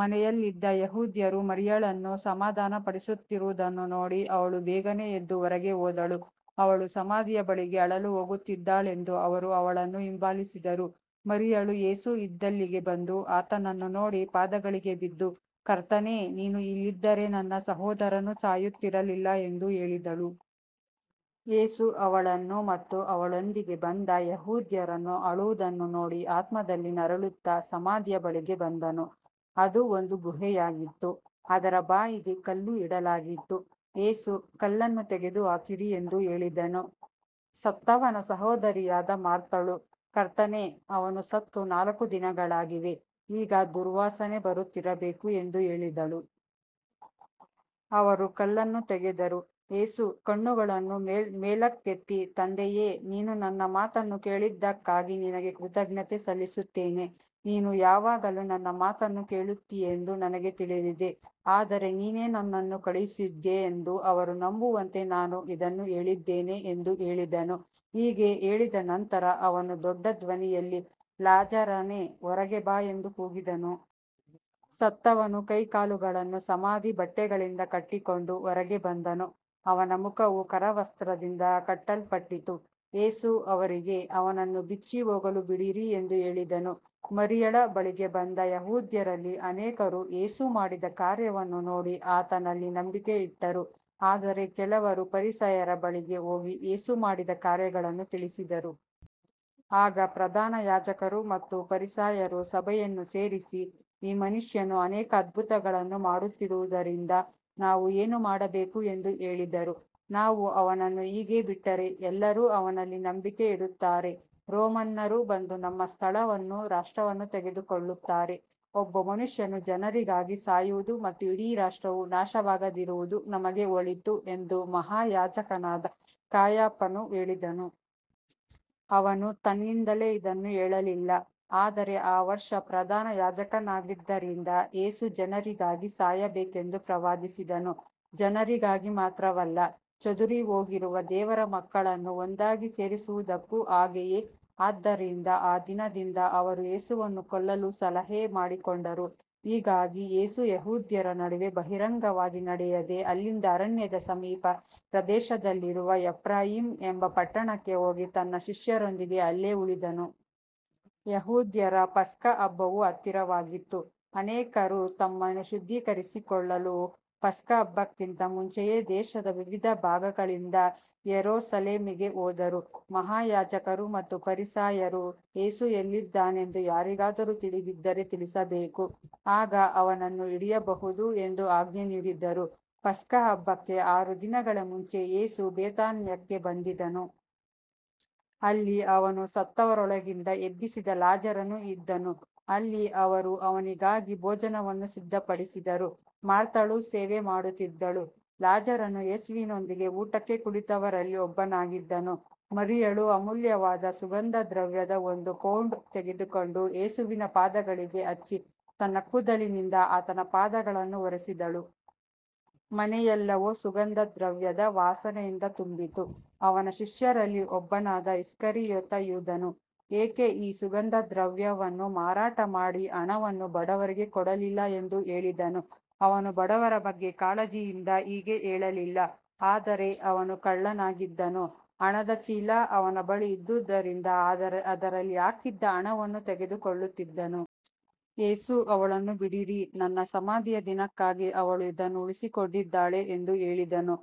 ಮನೆಯಲ್ಲಿದ್ದ ಯೆಹೂದ್ಯರು ಮರಿಯಳನ್ನು ಸಮಾಧಾನಪಡಿಸುತ್ತಿರುವುದನ್ನು ನೋಡಿ ಅವಳು ಬೇಗನೆ ಎದ್ದು ಹೊರಗೆ ಹೋದಳು. ಅವಳು ಸಮಾಧಿಯ ಬಳಿಗೆ ಅಳಲು ಹೋಗುತ್ತಿದ್ದಾಳೆಂದು ಅವರು ಅವಳನ್ನು ಹಿಂಬಾಲಿಸಿದರು. ಮರಿಯಳು ಯೇಸು ಇದ್ದಲ್ಲಿಗೆ ಬಂದು ಆತನನ್ನು ನೋಡಿ ಪಾದಗಳಿಗೆ ಬಿದ್ದು, ಕರ್ತನೇ, ನೀನು ಇಲ್ಲಿದ್ದರೆ ನನ್ನ ಸಹೋದರನು ಸಾಯುತ್ತಿರಲಿಲ್ಲ ಎಂದು ಹೇಳಿದಳು. ಯೇಸು ಅವಳನ್ನು ಮತ್ತು ಅವಳೊಂದಿಗೆ ಬಂದ ಯೆಹೂದ್ಯರನ್ನು ಅಳುವುದನ್ನು ನೋಡಿ ಆತ್ಮದಲ್ಲಿ ನರಳುತ್ತಾ ಸಮಾಧಿಯ ಬಳಿಗೆ ಬಂದನು. ಅದು ಒಂದು ಗುಹೆಯಾಗಿತ್ತು, ಅದರ ಬಾಯಿಗೆ ಕಲ್ಲು ಇಡಲಾಗಿತ್ತು. ಯೇಸು, ಕಲ್ಲನ್ನು ತೆಗೆದುಹಾಕಿರಿ ಎಂದು ಹೇಳಿದನು. ಸತ್ತವನ ಸಹೋದರಿಯಾದ ಮಾರ್ಥಳು, ಕರ್ತನೇ, ಅವನು ಸತ್ತು ನಾಲ್ಕು ದಿನಗಳಾಗಿವೆ, ಈಗ ದುರ್ವಾಸನೆ ಬರುತ್ತಿರಬೇಕು ಎಂದು ಹೇಳಿದಳು. ಅವರು ಕಲ್ಲನ್ನು ತೆಗೆದರು. ಯೇಸು ಕಣ್ಣುಗಳನ್ನು ಮೇಲಕ್ಕೆತ್ತಿ, ತಂದೆಯೇ, ನೀನು ನನ್ನ ಮಾತನ್ನು ಕೇಳಿದ್ದಕ್ಕಾಗಿ ನಿನಗೆ ಕೃತಜ್ಞತೆ ಸಲ್ಲಿಸುತ್ತೇನೆ. ನೀನು ಯಾವಾಗಲೂ ನನ್ನ ಮಾತನ್ನು ಕೇಳುತ್ತೀಯೆಂದು ನನಗೆ ತಿಳಿದಿದೆ, ಆದರೆ ನೀನೇ ನನ್ನನ್ನು ಕಳುಹಿಸಿದ್ದೀಯೆಂದು ಅವರು ನಂಬುವಂತೆ ನಾನು ಇದನ್ನು ಹೇಳಿದ್ದೇನೆ ಎಂದು ಹೇಳಿದನು. ಹೀಗೆ ಹೇಳಿದ ನಂತರ ಅವನು ದೊಡ್ಡ ಧ್ವನಿಯಲ್ಲಿ, ಲಾಜರನೇ, ಹೊರಗೆ ಬಾ ಎಂದು ಕೂಗಿದನು. ಸತ್ತವನು ಕೈಕಾಲುಗಳನ್ನು ಸಮಾಧಿ ಬಟ್ಟೆಗಳಿಂದ ಕಟ್ಟಿಕೊಂಡು ಹೊರಗೆ ಬಂದನು, ಅವನ ಮುಖವೂ ಕರವಸ್ತ್ರದಿಂದ ಕಟ್ಟಲ್ಪಟ್ಟಿತ್ತು. ಯೇಸು ಅವರಿಗೆ, ಅವನನ್ನು ಬಿಚ್ಚಿ ಹೋಗಲು ಬಿಡಿರಿ ಎಂದು ಹೇಳಿದನು. ಮರಿಯಳ ಬಳಿಗೆ ಬಂದ ಯೆಹೂದ್ಯರಲ್ಲಿ ಅನೇಕರು ಯೇಸು ಮಾಡಿದ ಕಾರ್ಯವನ್ನು ನೋಡಿ ಆತನಲ್ಲಿ ನಂಬಿಕೆ ಇಟ್ಟರು. ಆದರೆ ಕೆಲವರು ಫರಿಸಾಯರ ಬಳಿಗೆ ಹೋಗಿ ಯೇಸು ಮಾಡಿದ ಕಾರ್ಯಗಳನ್ನು ತಿಳಿಸಿದರು. ಆಗ ಪ್ರಧಾನ ಯಾಜಕರು ಮತ್ತು ಫರಿಸಾಯರು ಸಭೆಯನ್ನು ಸೇರಿಸಿ, ಈ ಮನುಷ್ಯನು ಅನೇಕ ಅದ್ಭುತಗಳನ್ನು ಮಾಡುತ್ತಿರುವುದರಿಂದ ನಾವು ಏನು ಮಾಡಬೇಕು ಎಂದು ಹೇಳಿದರು. ನಾವು ಅವನನ್ನು ಹೀಗೆ ಬಿಟ್ಟರೆ ಎಲ್ಲರೂ ಅವನಲ್ಲಿ ನಂಬಿಕೆ ಇಡುತ್ತಾರೆ, ರೋಮನ್ನರು ಬಂದು ನಮ್ಮ ಸ್ಥಳವನ್ನೂ ರಾಷ್ಟ್ರವನ್ನೂ ತೆಗೆದುಕೊಳ್ಳುತ್ತಾರೆ. ಒಬ್ಬ ಮನುಷ್ಯನು ಜನರಿಗಾಗಿ ಸಾಯುವುದು ಮತ್ತು ಇಡೀ ರಾಷ್ಟ್ರವು ನಾಶವಾಗದಿರುವುದು ನಮಗೆ ಒಳಿತು ಎಂದು ಮಹಾಯಾಜಕನಾದ ಕಾಯಫನು ಹೇಳಿದನು. ಅವನು ತನ್ನಿಂದಲೇ ಇದನ್ನು ಹೇಳಲಿಲ್ಲ, ಆದರೆ ಆ ವರ್ಷ ಪ್ರಧಾನ ಯಾಜಕನಾಗಿದ್ದರಿಂದ ಯೇಸು ಜನರಿಗಾಗಿ ಸಾಯಬೇಕೆಂದು ಪ್ರವಾದಿಸಿದನು. ಜನರಿಗಾಗಿ ಮಾತ್ರವಲ್ಲ, ಚದುರಿಹೋಗಿರುವ ದೇವರ ಮಕ್ಕಳನ್ನು ಒಂದಾಗಿ ಸೇರಿಸುವುದಕ್ಕೂ ಹಾಗೆಯೇ. ಆದ್ದರಿಂದ ಆ ದಿನದಿಂದ ಅವರು ಯೇಸುವನ್ನು ಕೊಲ್ಲಲು ಸಲಹೆ ಮಾಡಿಕೊಂಡರು. ಹೀಗಾಗಿ ಯೇಸು ಯೆಹೂದ್ಯರ ನಡುವೆ ಬಹಿರಂಗವಾಗಿ ನಡೆಯದೆ ಅಲ್ಲಿಂದ ಅರಣ್ಯದ ಸಮೀಪದ ಪ್ರದೇಶದಲ್ಲಿರುವ ಎಫ್ರಾಯೀಮ್ ಎಂಬ ಪಟ್ಟಣಕ್ಕೆ ಹೋಗಿ ತನ್ನ ಶಿಷ್ಯರೊಂದಿಗೆ ಅಲ್ಲೇ ಉಳಿದನು. ಯೆಹೂದ್ಯರ ಪಸ್ಕಹಬ್ಬವು ಹತ್ತಿರವಾಗಿತ್ತು. ಅನೇಕರು ತಮ್ಮನ್ನು ಶುದ್ಧೀಕರಿಸಿಕೊಳ್ಳಲು ಪಸ್ಕಹಬ್ಬಕ್ಕಿಂತ ಮುಂಚೆಯೇ ದೇಶದ ವಿವಿಧ ಭಾಗಗಳಿಂದ ಯೆರೂಸಲೇಮಿಗೆ ಹೋದರು. ಮಹಾಯಾಜಕರು ಮತ್ತು ಫರಿಸಾಯರು, ಯೇಸು ಎಲ್ಲಿದ್ದಾನೆಂದು ಯಾರಿಗಾದರೂ ತಿಳಿದಿದ್ದರೆ ತಿಳಿಸಬೇಕು, ಆಗ ಅವನನ್ನು ಹಿಡಿಯಬಹುದು ಎಂದು ಆಜ್ಞೆ ನೀಡಿದ್ದರು. ಪಸ್ಕಹಬ್ಬಕ್ಕೆ ಆರು ದಿನಗಳ ಮುಂಚೆ ಯೇಸು ಬೇಥಾನ್ಯಕ್ಕೆ ಬಂದನು. ಅಲ್ಲಿ ಅವನು ಸತ್ತವರೊಳಗಿಂದ ಎಬ್ಬಿಸಿದ ಲಾಜರನು ಇದ್ದನು. ಅಲ್ಲಿ ಅವರು ಅವನಿಗಾಗಿ ಭೋಜನವನ್ನು ಸಿದ್ಧಪಡಿಸಿದರು. ಮಾರ್ಥಳು ಸೇವೆ ಮಾಡುತ್ತಿದ್ದಳು, ಲಾಜರನು ಯೇಸುವಿನೊಂದಿಗೆ ಊಟಕ್ಕೆ ಕುಳಿತವರಲ್ಲಿ ಒಬ್ಬನಾಗಿದ್ದನು. ಮರಿಯಳು ಅಮೂಲ್ಯವಾದ ಸುಗಂಧದ್ರವ್ಯದ ಒಂದು ಪೌಂಡ್ ತೆಗೆದುಕೊಂಡು ಯೇಸುವಿನ ಪಾದಗಳಿಗೆ ಹಚ್ಚಿ ತನ್ನ ಕೂದಲಿನಿಂದ ಆತನ ಪಾದಗಳನ್ನು ಒರೆಸಿದಳು. ಮನೆಯೆಲ್ಲವೂ ಸುಗಂಧದ್ರವ್ಯದ ವಾಸನೆಯಿಂದ ತುಂಬಿತು. ಅವನ ಶಿಷ್ಯರಲ್ಲಿ ಒಬ್ಬನಾದ ಇಸ್ಕರಿಯೋತ ಯೂದನು, ಏಕೆ ಈ ಸುಗಂಧದ್ರವ್ಯವನ್ನು ಮಾರಾಟ ಮಾಡಿ ಹಣವನ್ನು ಬಡವರಿಗೆ ಕೊಡಲಿಲ್ಲ ಎಂದು ಹೇಳಿದನು. ಅವನು ಬಡವರ ಬಗ್ಗೆ ಕಾಳಜಿಯಿಂದ ಹೀಗೆ ಹೇಳಲಿಲ್ಲ, ಆದರೆ ಅವನು ಕಳ್ಳನಾಗಿದ್ದನು. ಹಣದ ಚೀಲ ಅವನ ಬಳಿ ಇದ್ದುದರಿಂದ ಅದರಲ್ಲಿ ಹಾಕಿದ್ದ ಹಣವನ್ನು ತೆಗೆದುಕೊಳ್ಳುತ್ತಿದ್ದನು. ಯೇಸು, ಅವಳನ್ನು ಬಿಡಿರಿ, ನನ್ನ ಸಮಾಧಿಯ ದಿನಕ್ಕಾಗಿ ಅವಳು ಇದನ್ನು ಉಳಿಸಿಕೊಂಡಿದ್ದಾಳೆ ಎಂದು ಹೇಳಿದನು.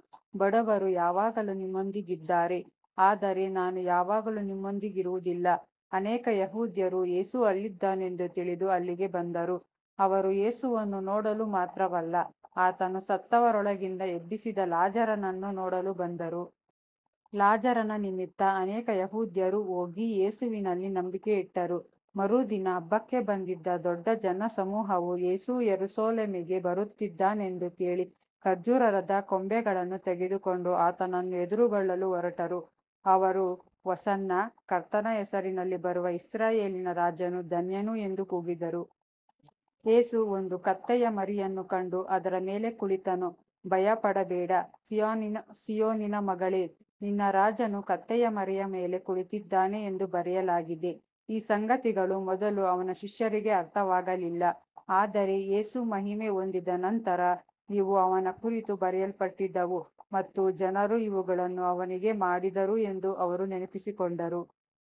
ಬಡವರು ಯಾವಾಗಲೂ ನಿಮ್ಮೊಂದಿಗಿದ್ದಾರೆ, ಆದರೆ ನಾನು ಯಾವಾಗಲೂ ನಿಮ್ಮೊಂದಿಗಿರುವುದಿಲ್ಲ. ಅನೇಕ ಯೆಹೂದ್ಯರು ಯೇಸು ಅಲ್ಲಿದ್ದಾನೆಂದು ತಿಳಿದು ಅಲ್ಲಿಗೆ ಬಂದರು. ಅವರು ಯೇಸುವನ್ನು ನೋಡಲು ಮಾತ್ರವಲ್ಲ, ಆತನು ಸತ್ತವರೊಳಗಿಂದ ಎಬ್ಬಿಸಿದ ಲಾಜರನನ್ನೂ ನೋಡಲು ಬಂದರು. ಲಾಜರನ ನಿಮಿತ್ತ ಅನೇಕ ಯೆಹೂದ್ಯರು ಹೋಗಿ ಯೇಸುವಿನಲ್ಲಿ ನಂಬಿಕೆ ಇಟ್ಟರು. ಮರುದಿನ ಹಬ್ಬಕ್ಕೆ ಬಂದಿದ್ದ ದೊಡ್ಡ ಜನಸಮೂಹವು ಯೇಸು ಯೆರೂಸಲೇಮಿಗೆ ಬರುತ್ತಿದ್ದಾನೆಂದು ಕೇಳಿ ಖರ್ಜೂರದ ಕೊಂಬೆಗಳನ್ನು ತೆಗೆದುಕೊಂಡು ಆತನನ್ನು ಎದುರುಗೊಳ್ಳಲು ಹೊರಟರು. ಅವರು, ಹೊಸನ್ನಾ, ಕರ್ತನ ಹೆಸರಿನಲ್ಲಿ ಬರುವ ಇಸ್ರಾಯೇಲಿನ ರಾಜನು ಧನ್ಯನು ಎಂದು ಕೂಗಿದರು. ಯೇಸು ಒಂದು ಕತ್ತೆಯ ಮರಿಯನ್ನು ಕಂಡು ಅದರ ಮೇಲೆ ಕುಳಿತನು. ಭಯಪಡಬೇಡ, ಸೀಯೋನಿನ ಮಗಳೇ, ನಿನ್ನ ರಾಜನು ಕತ್ತೆಯ ಮರಿಯ ಮೇಲೆ ಕುಳಿತಿದ್ದಾನೆ ಎಂದು ಬರೆಯಲಾಗಿದೆ. ಈ ಸಂಗತಿಗಳು ಮೊದಲು ಅವನ ಶಿಷ್ಯರಿಗೆ ಅರ್ಥವಾಗಲಿಲ್ಲ. ಆದರೆ ಯೇಸು ಮಹಿಮೆ ಹೊಂದಿದ ನಂತರ, ಇವು ಅವನ ಕುರಿತು ಬರೆಯಲ್ಪಟ್ಟಿದ್ದವು ಮತ್ತು ಜನರು ಇವುಗಳನ್ನು ಅವನಿಗೆ ಮಾಡಿದರು ಎಂದು ಅವರು ನೆನಪಿಸಿಕೊಂಡರು.